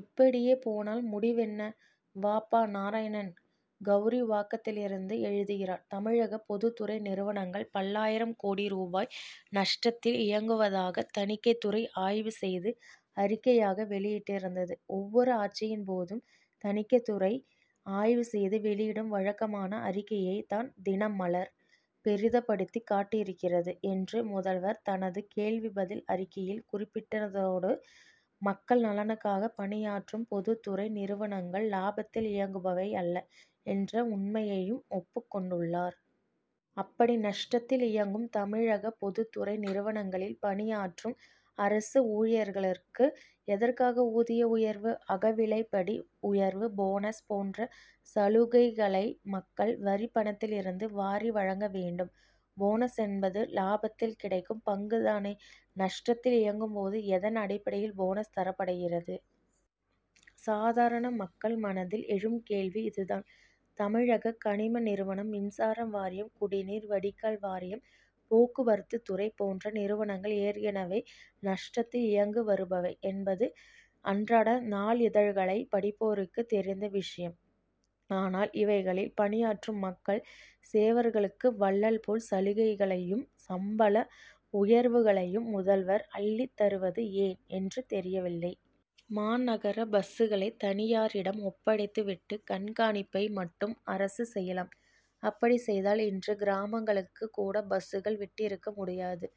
இப்படியே போனால் முடிவு என்ன? வ. ப. நாராயணன், கவுரிவாக்கத்திலிருந்து எழுதுகிறார் தமிழக பொதுத்துறை நிறுவனங்கள், பல்லாயிரம் கோடி ரூபாய் நஷ்டத்தில் இயங்குவதாக, தணிக்கைத் துறை ஆய்வு செய்து அறிக்கையாக வெளியிட்டிருந்தது. ஒவ்வொரு ஆட்சியின் போதும், தணிக்கைத்துறை ஆய்வு செய்து வெளியிடும் வழக்கமான அறிக்கையைத் தான் தினமலர் பெரிதுபடுத்தி காட்டியிருக்கிறது' என்று, முதல்வர் தனது கேள்வி பதில் அறிக்கையில் குறிப்பிட்டிருந்ததோடு, மக்கள் நலனுக்காகப் பணியாற்றும் பொதுத்துறை நிறுவனங்கள் லாபத்தில் இயங்குபவை அல்ல' என்ற உண்மையையும் ஒப்புக் கொண்டுள்ளார். அப்படி நஷ்டத்தில் இயங்கும் தமிழக பொதுத்துறை நிறுவனங்களில் பணியாற்றும் அரசு ஊழியர்களுக்கு, எதற்காக ஊதிய உயர்வு, அகவிலைப்படி உயர்வு, போனஸ் போன்ற சலுகைகளை மக்கள் வரிப்பணத்திலிருந்து வாரி வழங்க வேண்டும்? போனஸ் என்பது, லாபத்தில் கிடைக்கும் பங்கு தானே. நஷ்டத்தில் இயங்கும் போது, எதன் அடிப்படையில் போனஸ் தரப்படுகிறது? சாதாரண மக்கள் மனதில் எழும் கேள்வி இதுதான். தமிழக கனிம நிறுவனம், மின்சார வாரியம், குடிநீர் வடிகால் வாரியம், போக்குவரத்துத் துறை போன்ற நிறுவனங்கள், ஏற்கனவே நஷ்டத்தில் இயங்கி வருபவை என்பது அன்றாடம் நாளிதழ்களை படிப்போருக்கு தெரிந்த விஷயம். ஆனால், இவைகளில் பணியாற்றும் மக்கள் சேவகர்களுக்கு, வள்ளல் போல் சலுகைகளையும், சம்பள உயர்வுகளையும் முதல்வர் அள்ளித் தருவது ஏன் என்று தெரியவில்லை. மாநகர பஸ்களை தனியாரிடம் ஒப்படைத்து விட்டு, கண்காணிப்பை மட்டும் அரசு செய்யலாம். அப்படிச் செய்தால், இன்று கிராமங்களுக்குக் கூட பஸ்கள் விட்டிருக்க முடியாது'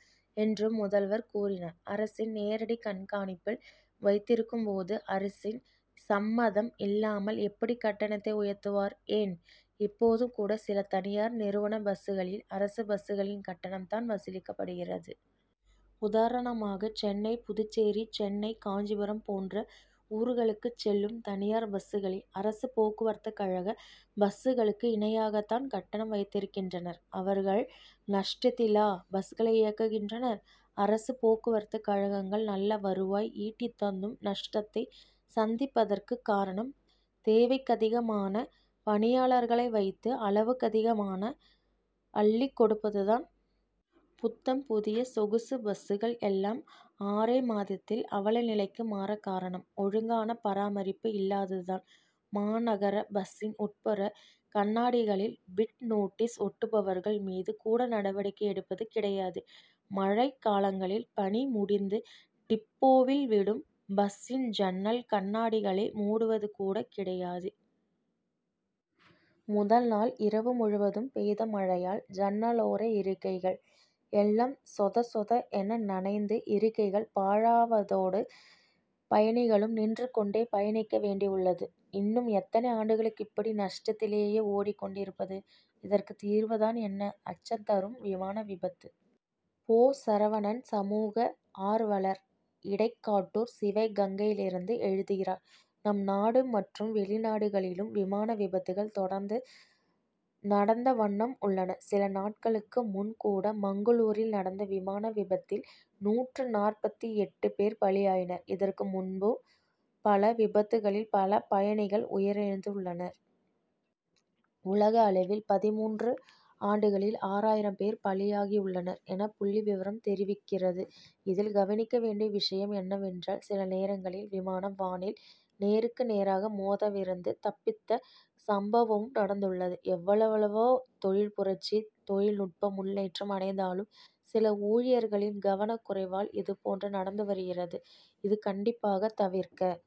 என்றும் முதல்வர் கூறுகிறார். அரசின் நேரடி கண்காணிப்பில் வைத் திருக்கும் போது, அரசின் சம்மதம் இல்லாமல் எப்படி கட்டணத்தை உயர்த்துவர்? ஏன், இப்போதும் கூட சில தனியார் நிறுவன பஸ்களில், அரசு பஸ்களின் கட்டணம் தான் வசூலிக்கப்படுகிறது. உதாரணமாக, சென்னை புதுச்சேரி, சென்னை காஞ்சிபுரம் போன்ற ஊர்களுக்குச் செல்லும் தனியார் பஸ்களில், அரசு போக்குவரத்துக்கழக பஸ்களுக்கு இணையாகத் தான் கட்டணம் வைத்திருக்கின்றனர். அவர்கள் நஷ்டத்திலா பஸ்களை இயக்குகின்றனர்? அரசு போக்குவரத்துக் கழகங்கள் நல்ல வருவாய் ஈட்டித் தந்தும், நஷ்டத்தை சந்திப்பதற்குக் காரணம், தேவைக்கதிகமான பணியாளர்களை வைத்து, அளவுக்கதிகமாக அள்ளிக் கொடுப்பது தான். புத்தம் புதிய சொகுசு பஸ்கள் எல்லாம், ஆறே மாதத்தில் அவல நிலைக்கு மாறக்காரணம், ஒழுங்கான பராமரிப்பு இல்லாதது தான். மாநகர பஸ்சின் உட்புற கண்ணாடிகளில், பிட் நோட்டீஸ்' ஒட்டுபவர்கள் மீது கூட நடவடிக்கை எடுப்பது கிடையாது. மழைக்காலங்களில் பணி முடிந்து டிப்போவில் விடும் பஸ்சின் ஜன்னல் கண்ணாடிகளை மூடுவது கூட கிடையாது. முதல் நாள் இரவு முழுவதும் பெய்த மழையால், ஜன்னலோர இருக்கைகள் எல்லாம் சொத சொத என நனைந்து, இருக்கைகள் பாழாவதோடு, பயணிகளும் நின்று கொண்டே பயணிக்க வேண்டியுள்ளது. இன்னும் எத்தனை ஆண்டுகளுக்கு இப்படி நஷ்டத்திலேயே ஓடிக் கொண் டிருப்பது? இதற்கு தீர்வு தான் என்ன? அச்சம் தரும் விமான விபத்து! போ. சரவணன், சமூக ஆர்வலர், இடைக்காட்டூர், சிவகங்கையிலிருந்து எழுதுகிறார் நம் நாடு மற்றும் வெளிநாடுகளிலும் விமான விபத்துகள் தொடர்ந்து நடந்த வண்ணம் உள்ளன. சில நாட்களுக்கு முன் கூட, மங்களூரில் நடந்த விமான விபத்தில், நூற்று நாற்பத்து எட்டு பேர் பலி ஆயினர். இதற்கு முன்பும் பல விபத்துகளில், பல பயணிகள் உயிரிழந்துள்ளனர். உலக அளவில், பதின்மூன்று ஆண்டுகளில், ஆறாயிரம் பேர் பலி ஆயுள்ளனர் என புள்ளி விவரம் தெரிவிக்கிறது. இதில் கவனிக்க வேண் டிய விஷயம் என்னவென்றால், சில நேரங்களில், விமானம் வானில் நேருக்கு நேராக மோதவிருந்து, தப் பித்த சம்பவமும் நடந் துள்ளது. எவ் வளவோ தொழில் புரட்சி, தொழில் நுட்ப முன் னேற்றம் அடைந் தாலும், சில ஊழியர்களின் கவனக் குறைவால், இதுபோன்று நடந்து வருகிறது. இது கண்டிப்பாக தவிர்க்கப்